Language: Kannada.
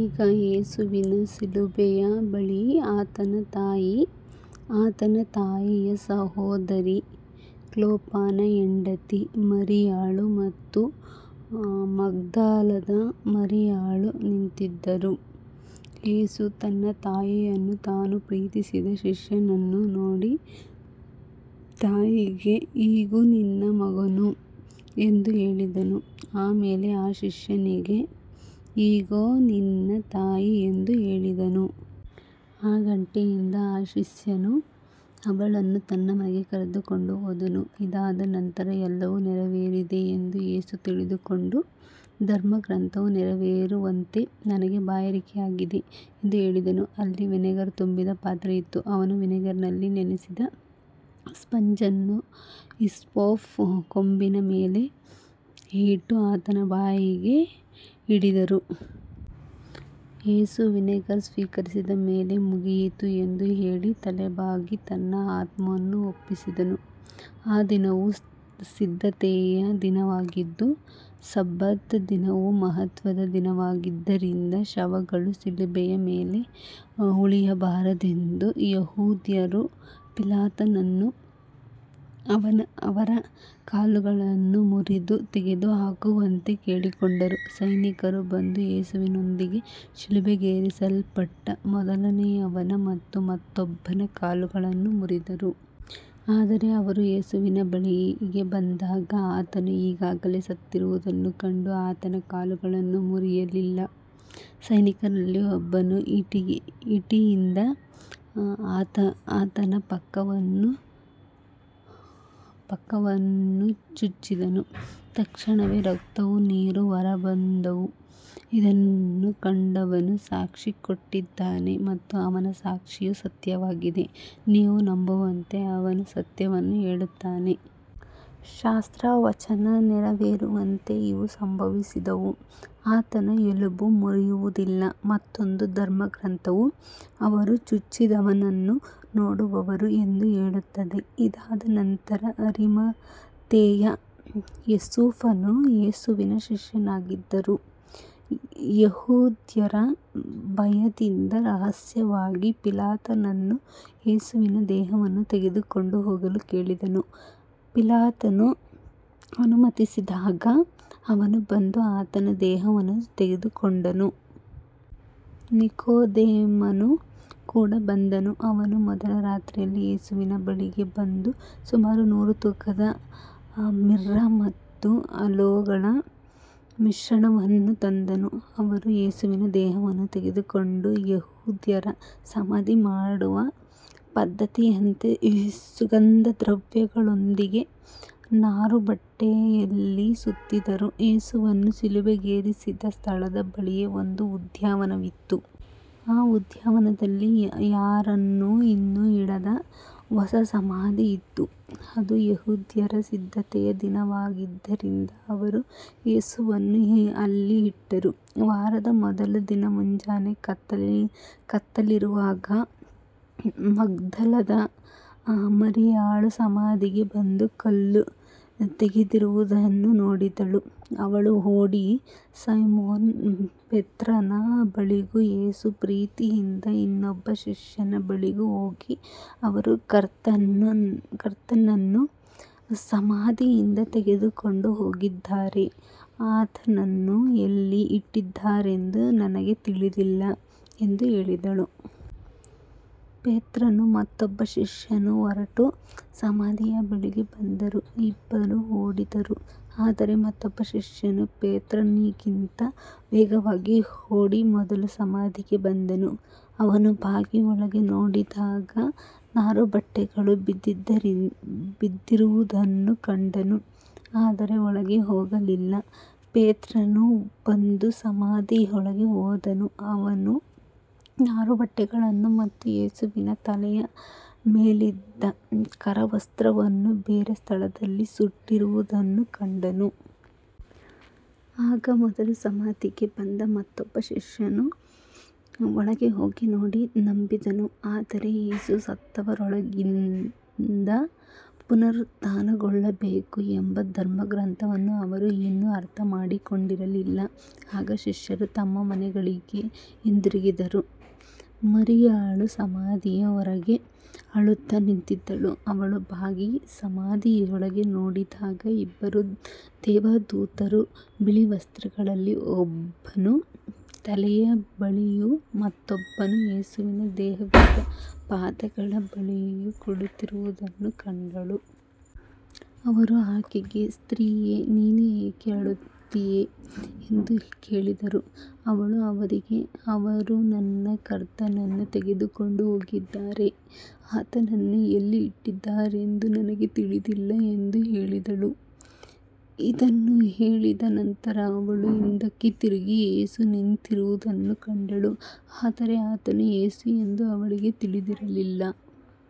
ಈಗ ಯೇಸುವಿನ ಶಿಲುಬೆಯ ಬಳಿ ಆತನ ತಾಯಿ, ಆತನ ತಾಯಿಯ ಸಹೋದರಿ, ಕ್ಲೋಪನ ಹೆಂಡತಿ ಮರಿಯಳು ಮತ್ತು ಮಗ್ದಲದ ಮರಿಯಳು ನಿಂತಿದ್ದರು. ಯೇಸು ತನ್ನ ತಾಯಿಯನ್ನೂ ತಾನು ಪ್ರೀತಿಸಿದ ಶಿಷ್ಯನನ್ನೂ ನೋಡಿ, ತಾಯಿಗೆ, ಇಗೋ ನಿನ್ನ ಮಗನು ಎಂದು ಹೇಳಿದನು. ಆಮೇಲೆ ಆ ಶಿಷ್ಯನಿಗೆ, ಇಗೋ ನಿನ್ನ ತಾಯಿ ಎಂದು ಹೇಳಿದನು. ಆ ಗಂಟೆಯಿಂದ ಆ ಶಿಷ್ಯನು ಅವಳನ್ನು ತನ್ನ ಮನೆಗೆ ಕರೆದುಕೊಂಡು ಹೋದನು. ಇದಾದ ನಂತರ ಎಲ್ಲವೂ ನೆರವೇರಿದೆಯೆಂದು ಯೇಸು ತಿಳಿದುಕೊಂಡು, ಧರ್ಮಗ್ರಂಥವು ನೆರವೇರುವಂತೆ, ನನಗೆ ಬಾಯಾರಿಕೆಯಾಗಿದೆ ಎಂದು ಹೇಳಿದನು. ಅಲ್ಲಿ ವಿನೆಗರ್ ತುಂಬಿದ ಪಾತ್ರೆ ಇತ್ತು. ಅವರು ವಿನೆಗರ್‌ನಲ್ಲಿ ನೆನೆಸಿದ ಸ್ಪಂಜನ್ನು ಹಿಸ್ಸೋಪ್ ಕೊಂಬಿನ ಮೇಲೆ ಇಟ್ಟು ಆತನ ಬಾಯಿಗೆ ಹಿಡಿದರು. ಯೇಸು ವಿನೆಗರ್ ಸ್ವೀಕರಿಸಿದ ಮೇಲೆ, ಮುಗಿಯಿತು ಎಂದು ಹೇಳಿ ತಲೆಬಾಗಿ ತನ್ನ ಆತ್ಮವನ್ನು ಒಪ್ಪಿಸಿದನು. ಆ ದಿನವು ಸಿದ್ಧತೆಯ ದಿನವಾಗಿದ್ದು, ಸಬ್ಬತ್ ದಿನವು ಮಹತ್ವದ ದಿನವಾಗಿದ್ದರಿಂದ ಶವಗಳು ಶಿಲುಬೆಯ ಮೇಲೆ ಉಳಿಯಬಾರದೆಂದು ಯೆಹೂದ್ಯರು ಪಿಲಾತನನ್ನು ಅವರ ಕಾಲುಗಳನ್ನು ಮುರಿದು ತೆಗೆದುಹಾಕುವಂತೆ ಕೇಳಿಕೊಂಡರು. ಸೈನಿಕರು ಬಂದು ಯೇಸುವಿನೊಂದಿಗೆ ಶಿಲುಬೆಗೇರಿಸಲ್ಪಟ್ಟ ಮೊದಲನೆಯವನ ಮತ್ತು ಮತ್ತೊಬ್ಬನ ಕಾಲುಗಳನ್ನು ಮುರಿದರು. ಆದರೆ ಅವರು ಯೇಸುವಿನ ಬಳಿಗೆ ಬಂದಾಗ ಆತನು ಈಗಾಗಲೇ ಸತ್ತಿರುವುದನ್ನು ಕಂಡು ಆತನ ಕಾಲುಗಳನ್ನು ಮುರಿಯಲಿಲ್ಲ. ಸೈನಿಕರಲ್ಲಿ ಒಬ್ಬನು ಈಟಿಯಿಂದ ಆತನ ಪಕ್ಕವನ್ನು ಚುಚ್ಚಿದನು. ತಕ್ಷಣವೇ ರಕ್ತವೂ ನೀರೂ ಹೊರಬಂದವು. ಇದನ್ನು ಕಂಡವನು ಸಾಕ್ಷಿ ಕೊಟ್ಟಿದ್ದಾನೆ ಮತ್ತು ಅವನ ಸಾಕ್ಷಿಯು ಸತ್ಯವಾಗಿದೆ, ನೀವು ನಂಬುವಂತೆ ಅವನು ಸತ್ಯವನ್ನು ಹೇಳುತ್ತಾನೆ. ಶಾಸ್ತ್ರವಚನ ನೆರವೇರುವಂತೆ ಇವು ಸಂಭವಿಸಿದವು, ಆತನ ಎಲುಬು ಮುರಿಯುವುದಿಲ್ಲ. ಮತ್ತೊಂದು ಧರ್ಮಗ್ರಂಥವು, ಅವರು ಚುಚ್ಚಿದವನನ್ನು ನೋಡುವರು ಎಂದು ಹೇಳುತ್ತದೆ. ಇದಾದ ನಂತರ ಅರಿಮಥೆಯ ಯೋಸೇಫನು ಯೇಸುವಿನ ಶಿಷ್ಯನಾಗಿದ್ದರೂ ಯೆಹೂದ್ಯರ ಭಯದಿಂದ ರಹಸ್ಯವಾಗಿ ಪಿಲಾತನನ್ನು ಯೇಸುವಿನ ದೇಹವನ್ನು ತೆಗೆದುಕೊಂಡು ಹೋಗಲು ಕೇಳಿದನು. ಪಿಲಾತನು ಅನುಮತಿಸಿದಾಗ ಅವನು ಬಂದು ಆತನ ದೇಹವನ್ನು ತೆಗೆದುಕೊಂಡನು. ನಿಕೋದೇಮನು ಕೂಡ ಬಂದನು. ಅವನು ಮೊದಲು ರಾತ್ರಿಯಲ್ಲಿ ಯೇಸುವಿನ ಬಳಿಗೆ ಬಂದು ಸುಮಾರು ನೂರು ತೂಕದ ಮಿರ್ರ ಮತ್ತು ಅಲೋಗಳ ಮಿಶ್ರಣವನ್ನು ತಂದನು. ಅವರು ಯೇಸುವಿನ ದೇಹವನ್ನು ತೆಗೆದುಕೊಂಡು ಯೆಹೂದ್ಯರ ಸಮಾಧಿ ಮಾಡುವ ಪದ್ಧತಿಯಂತೆ ಸುಗಂಧದ್ರವ್ಯಗಳೊಂದಿಗೆ ನಾರುಬಟ್ಟೆಯಲ್ಲಿ ಸುತ್ತಿದರು. ಯೇಸುವನ್ನು ಶಿಲುಬೆಗೇರಿಸಿದ ಸ್ಥಳದ ಬಳಿಯೇ ಒಂದು ಉದ್ಯಾನವಿತ್ತು. ಆ ಉದ್ಯಾನದಲ್ಲಿ ಯಾರನ್ನೂ ಇನ್ನೂ ಇಡದ ಹೊಸ ಸಮಾಧಿ ಇತ್ತು. ಅದು ಯೆಹೂದ್ಯರ ಸಿದ್ಧತೆಯ ದಿನವಾಗಿದ್ದರಿಂದ ಅವರು ಯೇಸುವನ್ನು ಅಲ್ಲಿ ಇಟ್ಟರು. ವಾರದ ಮೊದಲ ದಿನ ಮುಂಜಾನೆ ಕತ್ತಲಿರುವಾಗ ಮಗ್ದಲದ ಮರಿಯಳು ಸಮಾಧಿಗೆ ಬಂದು ಕಲ್ಲು ತೆಗೆದಿರುವುದನ್ನು ನೋಡಿದಳು. ಅವಳು ಓಡಿ ಸೈಮೋನ ಪೇತ್ರನ ಬಳಿಗೂ ಯೇಸು ಪ್ರೀತಿಸಿದ ಇನ್ನೊಬ್ಬ ಶಿಷ್ಯನ ಬಳಿಗೂ ಹೋಗಿ, ಅವರು ಕರ್ತನನ್ನು ಸಮಾಧಿಯಿಂದ ತೆಗೆದುಕೊಂಡು ಹೋಗಿದ್ದಾರೆ, ಆತನನ್ನು ಎಲ್ಲಿ ಇಟ್ಟಿದ್ದಾರೆಂದು ನಮಗೆ ತಿಳಿದಿಲ್ಲ ಎಂದು ಹೇಳಿದಳು. ಪೇತ್ರನೂ ಮತ್ತೊಬ್ಬ ಶಿಷ್ಯನೂ ಹೊರಟು ಸಮಾಧಿಯ ಬಳಿಗೆ ಬಂದರು. ಇಬ್ಬರೂ ಓಡಿದರು, ಆದರೆ ಮತ್ತೊಬ್ಬ ಶಿಷ್ಯನು ಪೇತ್ರನಿಗಿಂತ ವೇಗವಾಗಿ ಓಡಿ ಮೊದಲು ಸಮಾಧಿಗೆ ಬಂದನು. ಅವನು ಬಾಗಿ ಒಳಗೆ ನೋಡಿದಾಗ ನಾರುಬಟ್ಟೆಗಳು ಬಿದ್ದಿರುವುದನ್ನು ಕಂಡನು, ಆದರೆ ಒಳಗೆ ಹೋಗಲಿಲ್ಲ. ಪೇತ್ರನು ಬಂದು ಸಮಾಧಿಯೊಳಗೆ ಹೋದನು. ಅವನು ನಾರುಬಟ್ಟೆಗಳನ್ನು ಮತ್ತು ಯೇಸುವಿನ ತಲೆಯ ಮೇಲಿದ್ದ ಕರವಸ್ತ್ರವನ್ನು ಬೇರೆ ಸ್ಥಳದಲ್ಲಿ ಸುತ್ತಿಟ್ಟಿರುವುದನ್ನು ಕಂಡನು. ಆಗ ಮೊದಲು ಸಮಾಧಿಗೆ ಬಂದ ಮತ್ತೊಬ್ಬ ಶಿಷ್ಯನು ಒಳಗೆ ಹೋಗಿ ನೋಡಿ ನಂಬಿದನು. ಆದರೆ ಯೇಸು ಸತ್ತವರೊಳಗಿಂದ ಪುನರುತ್ಥಾನಗೊಳ್ಳಬೇಕು ಎಂಬ ಧರ್ಮಗ್ರಂಥವನ್ನು ಅವರು ಇನ್ನೂ ಅರ್ಥಮಾಡಿಕೊಂಡಿರಲಿಲ್ಲ. ಆಗ ಶಿಷ್ಯರು ತಮ್ಮ ಮನೆಗಳಿಗೆ ಹಿಂದಿರುಗಿದರು. ಮರಿಯಳು ಸಮಾಧಿಯ ಹೊರಗೆ ಅಳುತ್ತಾ ನಿಂತಿದ್ದಳು. ಅವಳು ಬಾಗಿ ಸಮಾಧಿಯೊಳಗೆ ನೋಡಿದಾಗ ಇಬ್ಬರು ದೇವದೂತರು ಬಿಳಿ ವಸ್ತ್ರಗಳಲ್ಲಿ, ಒಬ್ಬನು ತಲೆಯ ಬಳಿಯೂ ಮತ್ತೊಬ್ಬನು ಯೇಸುವಿನ ದೇಹವಿದ್ದ ಪಾದಗಳ ಬಳಿಯೂ ಕುಳಿತಿರುವುದನ್ನು ಕಂಡಳು. ಅವರು ಆಕೆಗೆ, ಸ್ತ್ರೀಯೇ, ನೀನು ಏಕೆ ಅಳುತ್ತೀಯೆ ಎಂದು ಕೇಳಿದರು. ಅವಳು ಅವರಿಗೆ, ಅವರು ನನ್ನ ಕರ್ತನನ್ನು ತೆಗೆದುಕೊಂಡು ಹೋಗಿದ್ದಾರೆ, ಆತನನ್ನು ಎಲ್ಲಿ ಇಟ್ಟಿದ್ದಾರೆಂದು ನನಗೆ ತಿಳಿದಿಲ್ಲ ಎಂದು ಹೇಳಿದಳು. ಇದನ್ನು ಹೇಳಿದ ನಂತರ ಅವಳು ಹಿಂದಕ್ಕೆ ತಿರುಗಿ ಯೇಸು ನಿಂತಿರುವುದನ್ನು ಕಂಡಳು, ಆದರೆ ಆತನು ಯೇಸು ಎಂದು ಅವಳಿಗೆ ತಿಳಿದಿರಲಿಲ್ಲ.